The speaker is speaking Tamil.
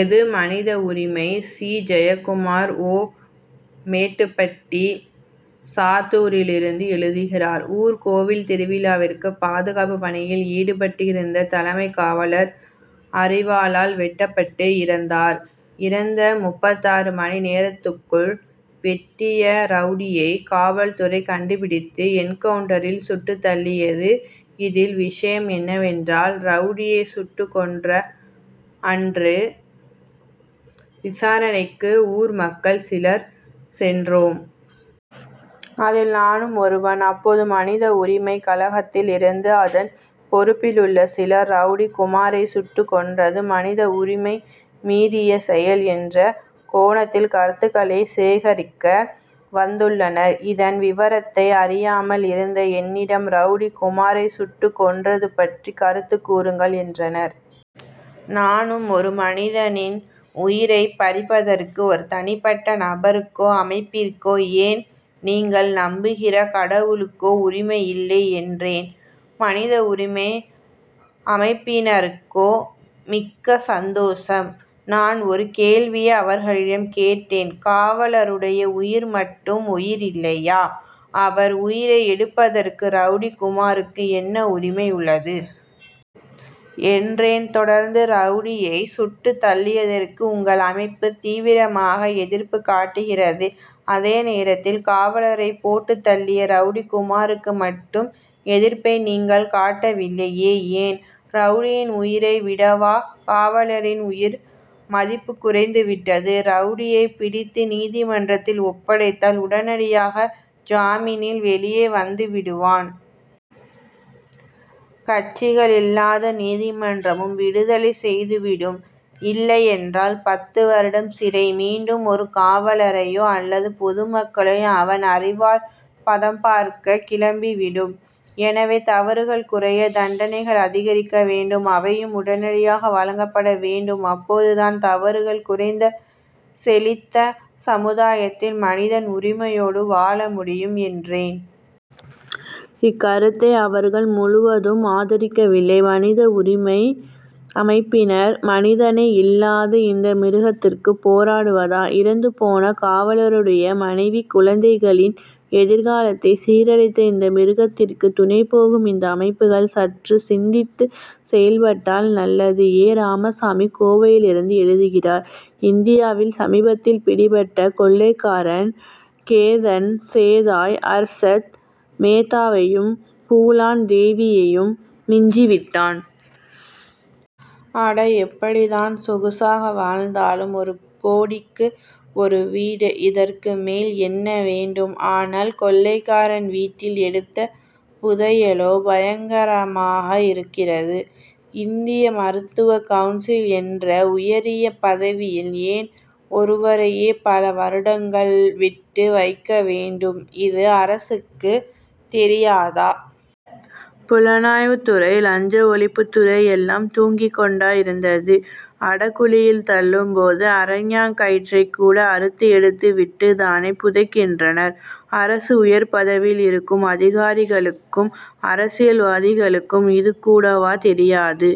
எது மனித உரிமை? சி. ஜெயக்குமார் ஓ. மேட்டுப்பட்டி சாத்தூரிலிருந்து எழுதுகிறார் ஊர் கோவில் திருவிழாவிற்கு பாதுகாப்பு பணியில் ஈடுபட்டு இருந்த தலைமை காவலர் அரிவாளால் வெட்டப்பட்டு இறந்தார். இறந்த முப்பத்தாறு மணி நேரத்திற்குள் வெட்டிய ரவுடியை காவல்துறை கண்டுபிடித்து என்கவுன்டரில் சுட்டுத் தள்ளியது. இதில் விஷயம் என்னவென்றால் ரவுடியை சுட்டுக் கொன்ற அன்று விசாரணைக்கு ஊர் மக்கள் சிலர் சென்றோம். அதில் நானும் ஒருவன். அப்போது மனித உரிமை கழகத்தில் இருந்து அதன் பொறுப்பில் உள்ள சிலர் ரவுடி குமாரை சுட்டுக் கொன்றது மனித உரிமை மீறிய செயல் என்ற கோணத்தில் கருத்துக்களை சேகரிக்க வந்துள்ளனர். இதன் விவரத்தை அறியாமல் இருந்த என்னிடம் ரவுடி குமாரை சுட்டுக் கொன்றது பற்றி கருத்து கூறுங்கள் என்றனர். நானும் ஒரு மனிதனின் உயிரை பறிப்பதற்கு ஒரு தனிப்பட்ட நபருக்கோ அமைப்பிற்கோ ஏன் நீங்கள் நம்புகிற கடவுளுக்கோ உரிமை இல்லை என்றேன். மனித உரிமை அமைப்பினருக்கோ மிக்க சந்தோஷம். நான் ஒரு கேள்வியை அவர்களிடம் கேட்டேன். காவலருடைய உயிர் மட்டும் உயிரில்லையா அவர் உயிரை எடுப்பதற்கு ரவுடி குமாருக்கு என்ன உரிமை உள்ளது? என்றேன். தொடர்ந்து ரவுடியை சுட்டுத் தள்ளியதற்கு உங்கள் அமைப்பு தீவிரமாக எதிர்ப்பு காட்டுகிறதே அதே நேரத்தில் காவலரை போட்டுத் தள்ளிய ரவுடி குமாருக்கு மட்டும் எதிர்ப்பை நீங்கள் காட்டவில்லையே ஏன்? ரவுடியின் உயிரை விடவா காவலரின் உயிர் மதிப்பு குறைந்து விட்டது. ரவுடியை பிடித்து நீதிமன்றத்தில் ஒப்படைத்தால் உடனடியாக ஜாமீனில் வெளியே வந்துவிடுவான். சாட்சிகள் இல்லாததால் நீதிமன்றமும் விடுதலை செய்துவிடும் இல்லை என்றால் பத்து வருடம் சிறை. மீண்டும் ஒரு காவலரையோ அல்லது பொதுமக்களையோ அவன் அரிவாள் பதம் பார்க்க கிளம்பிவிடும். எனவே தவறுகள் குறைய தண்டனைகள் அதிகரிக்க வேண்டும் அவையும் உடனடியாக வழங்கப்பட வேண்டும். அப்போதுதான் தவறுகள் குறைந்த செழித்த சமுதாயத்தில் மனிதன் உரிமையோடு வாழ முடியும் என்றேன். இக்கருத்தை அவர்கள் முழுவதும் ஆதரிக்கவில்லை. மனித உரிமை அமைப்பினர் மனிதனே இல்லாத இந்த மிருகத்திற்கு போராடுவதா? இறந்துபோன காவலருடைய மனைவி குழந்தைகளின் எதிர்காலத்தை சீரழித்த இந்த மிருகத்திற்கு துணை போகும் இந்த அமைப்புகள் சற்று சிந்தித்து செயல்பட்டால் நல்லது. எ. ராமசாமி கோவையிலிருந்து எழுதுகிறார் இந்தியாவில் சமீபத்தில் பிடிபட்ட கொள்ளைக்காரன் கேதன் தேசாய் அர்ஷத் மேத்தாவையும் பூலான் தேவியையும் மிஞ்சிவிட்டான். அட எப்படித்தான் சொகுசாக வாழ்ந்தாலும் ஒரு கோடிக்கு ஒரு வீடு. இதற்கு மேல் என்ன வேண்டும்? ஆனால் கொள்ளைக்காரன் வீட்டில் எடுத்த புதையலோ பயங்கரமாக இருக்கிறது. இந்திய மருத்துவ கவுன்சில் என்ற உயரிய பதவியில் ஏன் ஒருவரையே பல வருடங்கள் விட்டு வைக்க வேண்டும். இது அரசுக்கு தெரியாதா? புலனாய்வு துறை லஞ்ச ஒழிப்பு துறை எல்லாம் தூங்கி கொண்டா இருந்தது? அடகுழியில் தள்ளும் போது அரைஞாண் கயிற்றை கூட அறுத்து எடுத்து விட்டுத்தானே புதைக்கின்றனர். அரசு உயர் பதவியில் இருக்கும் அதிகாரிகளுக்கும் அரசியல்வாதிகளுக்கும் இது கூடவா தெரியாது.